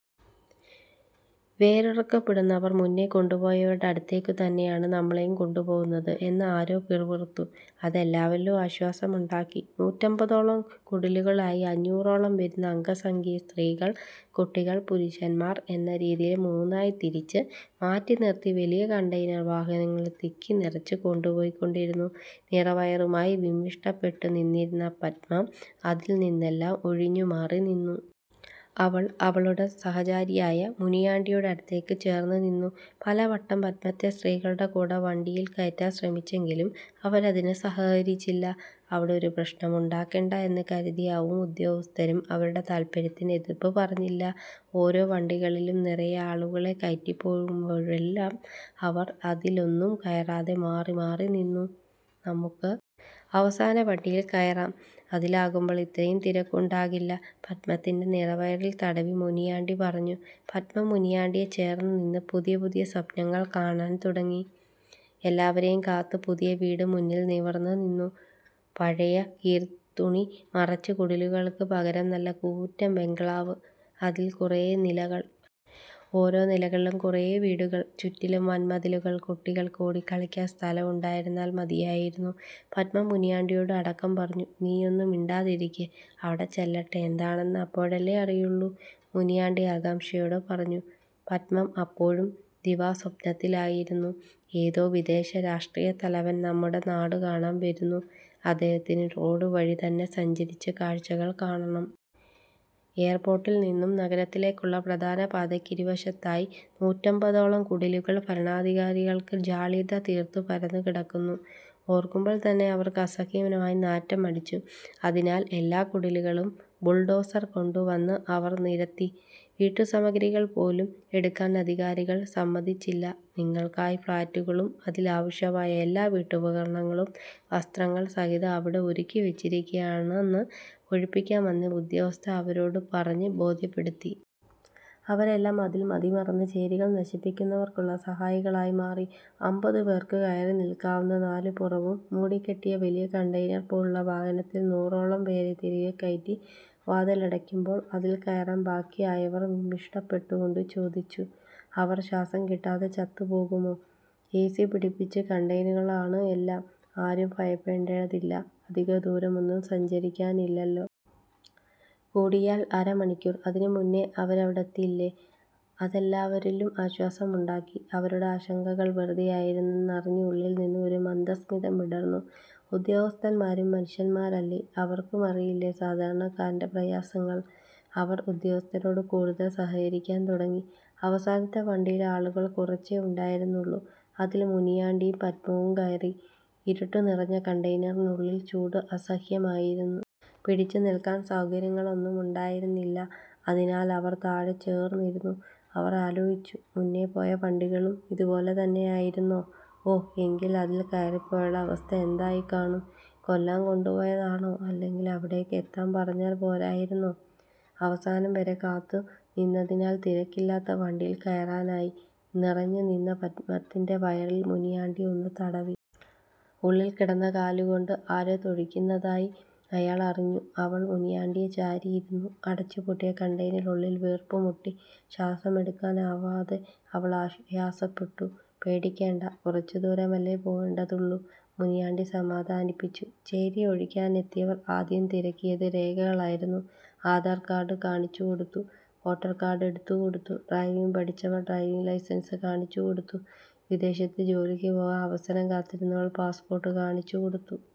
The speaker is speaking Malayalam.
വേരറുക്കപ്പെടുന്നവർ, മുന്നേ കൊണ്ടുപോയവരുടെ അടുത്തേക്കു തന്നെയാണ് നമ്മളെയും കൊണ്ടുപോകുന്നത് എന്ന് ആരോ പിറുപിറുത്തു. അത് എല്ലാവരിലും ആശ്വാസമുണ്ടാക്കി. നൂറ്റമ്പതോളം കുടിലുകളിലായി അഞ്ഞൂറോളം വരുന്ന അംഗസംഖ്യയെ സ്ത്രീകൾ, കുട്ടികൾ, പുരുഷന്മാർ എന്ന രീതിയിൽ മുന്നായി തിരിച്ച് മാറ്റിനിർത്തി വലിയ കണ്ടെയ്നർ വാഹനങ്ങളിൽ തിക്കിനിറച്ച് കൊണ്ടുപോയിക്കൊണ്ടിരുന്നു. നിറവയറുമായി വിമ്മിഷ്ടപ്പെട്ടുനിന്നിരുന്ന പത്മം അതിൽ നിന്നെല്ലാം ഒഴിഞ്ഞുമാറിനിന്നു. അവൾ അവളുടെ സഹചാരിയായ മുനിയാണ്ടിയുടെ അടുത്തേക്കു ചേർന്നുനിന്നു. പലവട്ടം പത്മത്തെ സ്ത്രീകളുടെ കൂടെ വണ്ടിയിൽ കയറ്റാൻ ശ്രമിച്ചെങ്കിലും അവരതിന് സഹകരിച്ചില്ല. അവിടെ ഒരു പ്രശ്നമുണ്ടാക്കേണ്ട എന്ന് കരുതിയാവാം ഉദ്യോഗസ്ഥരും അവരുടെ താൽപര്യത്തിന് എതിർപ്പു പറഞ്ഞില്ല. ഓരോ വണ്ടികളിലും നിറയെ ആളുകളെ കയറ്റിപ്പോകുമ്പോഴെല്ലാം അവർ അതിലൊന്നും കയറാതെ മാറിമാറിനിന്നു. നമുക്ക് അവസാനവണ്ടിയിൽ കയറാം. അതിലാകുമ്പോൾ ഇത്രയും തിരക്കുണ്ടാകില്ല. പത്മത്തിൻ്റെ നിറവയറിൽ തടവി മുനിയാണ്ടി പറഞ്ഞു. പത്മം മുനിയാണ്ടിയെ ചേർന്നുനിന്ന് പുതിയ പുതിയ സ്വപ്നങ്ങൾ കാണാൻ തുടങ്ങി. എല്ലാവരെയും കാത്ത് പുതിയ വീട് മുന്നിൽ നിവർന്നുനിന്നു. പഴയ കീറത്തുണി മറച്ച കുടിലുകൾക്ക് പകരം നല്ല കൂറ്റൻ ബംഗ്ലാവ്. അതിൽ കുറേ നിലകൾ. ഓരോ നിലകളിലും കുറേ വീടുകൾ. ചുറ്റിലും വൻമതിലുകൾ. കുട്ടികൾക്ക് ഓടിക്കളിക്കാൻ സ്ഥലം ഉണ്ടായിരുന്നാൽ മതിയായിരുന്നു. പത്മം മുനിയാണ്ടിയോട് അടക്കം പറഞ്ഞു. നീയൊന്നു മിണ്ടാതിരിക്ക്. അവിടെ ചെല്ലട്ടെ. എന്താണെന്ന് അപ്പോഴല്ലേ അറിയുള്ളൂ. മുനിയാണ്ടി ആകാംക്ഷയോടെ പറഞ്ഞു. പത്മം അപ്പോഴും ദിവാസ്വപ്നത്തിലായിരുന്നു. ഏതോ വിദേശ രാഷ്ട്രത്തലവൻ നമ്മുടെ നാടുകാണാൻ വരുന്നു. അദ്ദേഹത്തിന് റോഡുവഴി തന്നെ സഞ്ചരിച്ച് കാഴ്ചകൾ കാണണം. എയർപോർട്ടിൽനിന്നും നഗരത്തിലേക്കുള്ള പ്രധാനപാതയ്ക്കിരുവശത്തുമായി നൂറ്റമ്പതോളം കുടിലുകൾ ഭരണാധികാരികൾക്ക് ജാള്യത തീർത്ത് പരന്നുകിടന്നു. ഓർക്കുമ്പോൾതന്നെ അവർക്ക് അസഹ്യമായ നാറ്റമടിച്ചു. അതിനാൽ എല്ലാ കുടിലുകളും ബുൾഡോസർ കൊണ്ടുവന്ന് അവർ നിരത്തി. വീട്ടുസാമഗ്രികൾ പോലും എടുക്കാൻ അധികാരികൾ സമ്മതിച്ചില്ല. നിങ്ങൾക്കായി ഫ്ലാറ്റുകളും അതിൽ ആവശ്യമായ എല്ലാ വീട്ടുപകരണങ്ങളും വസ്ത്രങ്ങൾ സഹിതം അവിടെ ഒരുക്കിവെച്ചിരിക്കുകയാണെന്ന് ഒഴിപ്പിക്കാൻ വന്ന ഉദ്യോഗസ്ഥർ അവരോടു പറഞ്ഞ് ബോധ്യപ്പെടുത്തി. അവരെല്ലാം അതിൽ മതിമറന്ന് ചേരികൾ നശിപ്പിക്കുന്നവർക്കുള്ള സഹായികളായി മാറി. അമ്പതുപേർക്ക് കയറിനിൽക്കാവുന്ന നാലുപുറവും മൂടിക്കെട്ടിയ വലിയ കണ്ടെയ്നർ പോലുള്ള വാഹനത്തിൽ നൂറോളം പേരെ തിരുകിക്കയറ്റി വാതിലടയ്ക്കുമ്പോൾ അതിൽ കയറാൻ ബാക്കിയായവർ വിമ്മിഷ്ടപ്പെട്ടുകൊണ്ട് ചോദിച്ചു. അവർ ശ്വാസം കിട്ടാതെ ചത്തുപോകുമോ. എസി പിടിപ്പിച്ച കണ്ടെയ്നറുകളാണ് എല്ലാം. ആരും ഭയപ്പെടേണ്ടതില്ല. അധികദൂരമൊന്നും സഞ്ചരിക്കാനില്ലല്ലോ. കൂടിയാൽ അര മണിക്കൂർ. അതിനുമുന്നേ അവരവിടെയെത്തില്ലേ. അതെല്ലാവരിലും ആശ്വാസമുണ്ടാക്കി. അവരുടെ ആശങ്കകൾ വെറുതെയായിരുന്നെന്നറിഞ്ഞ് ഉള്ളിൽനിന്നും ഒരു മന്ദസ്മിതം വിടർന്നു. ഉദ്യോഗസ്ഥന്മാരും മനുഷ്യന്മാരല്ലേ. അവർക്കുമറിയില്ലേ സാധാരണക്കാരൻ്റെ പ്രയാസങ്ങൾ. അവർ ഉദ്യോഗസ്ഥരോട് കൂടുതൽ സഹകരിക്കാൻ തുടങ്ങി. അവസാനത്തെ വണ്ടിയിൽ ആളുകൾ കുറച്ചേ ഉണ്ടായിരുന്നുള്ളൂ. അതിൽ മുനിയാണ്ടിയും പത്മവും കയറി. ഇരുട്ടുനിറഞ്ഞ കണ്ടെയ്നറിനുള്ളിൽ ചൂട് അസഹ്യമായിരുന്നു. പിടിച്ചുനിൽക്കാൻ സൗകര്യങ്ങളൊന്നുമുണ്ടായിരുന്നില്ല. അതിനാൽ അവർ താഴെ ചേർന്നിരുന്നു. അവർ ആലോചിച്ചു. മുന്നേ പോയ വണ്ടികളും ഇതുപോലെത്തന്നെയായിരുന്നോ. ഓ, എങ്കിൽ അതിൽ കയറിപ്പോയവരുടെ അവസ്ഥ എന്തായിക്കാണും. കൊല്ലാൻ കൊണ്ടുപോയതാണോ. അല്ലെങ്കിൽ അവിടേക്ക് എത്താൻ പറഞ്ഞാൽ പോരായിരുന്നോ. അവസാനം വരെ കാത്തുനിന്നതിനാൽ തിരക്കില്ലാത്ത വണ്ടിയിൽ കയറാനായി. നിറഞ്ഞുനിന്ന പത്മത്തിൻ്റെ വയറിൽ മുനിയാണ്ടി ഒന്നു തടവി. ഉള്ളിൽ കിടന്ന് കാലുകൊണ്ട് ആരോ തൊഴിക്കുന്നതായി അയാൾ അറിഞ്ഞു. അവൾ മുനിയാണ്ടിയെ ചാരിയിരുന്നു. അടച്ചുപൂട്ടിയ കണ്ടെയ്നറിൽ വീർപ്പുമുട്ടി ശ്വാസമെടുക്കാനാവാതെ അവൾ ആയാസപ്പെട്ടു. പേടിക്കേണ്ട, കുറച്ചുദൂരമല്ലേ പോകേണ്ടതുള്ളൂ. മുനിയാണ്ടി സമാധാനിപ്പിച്ചു. ചേരി ഒഴിക്കാനെത്തിയവർ ആദ്യം തിരക്കിയത് രേഖകളായിരുന്നു. ആധാർ കാർഡ് കാണിച്ചുകൊടുത്തു. വോട്ടർ കാർഡ് എടുത്തുകൊടുത്തു. ഡ്രൈവിങ് പഠിച്ചവർ ഡ്രൈവിങ് ലൈസൻസ് കാണിച്ചുകൊടുത്തു. വിദേശത്ത് ജോലിക്ക് പോകാൻ അവസരം കാത്തിരുന്നവർ പാസ്‌പോർട്ട് കാണിച്ചുകൊടുത്തു.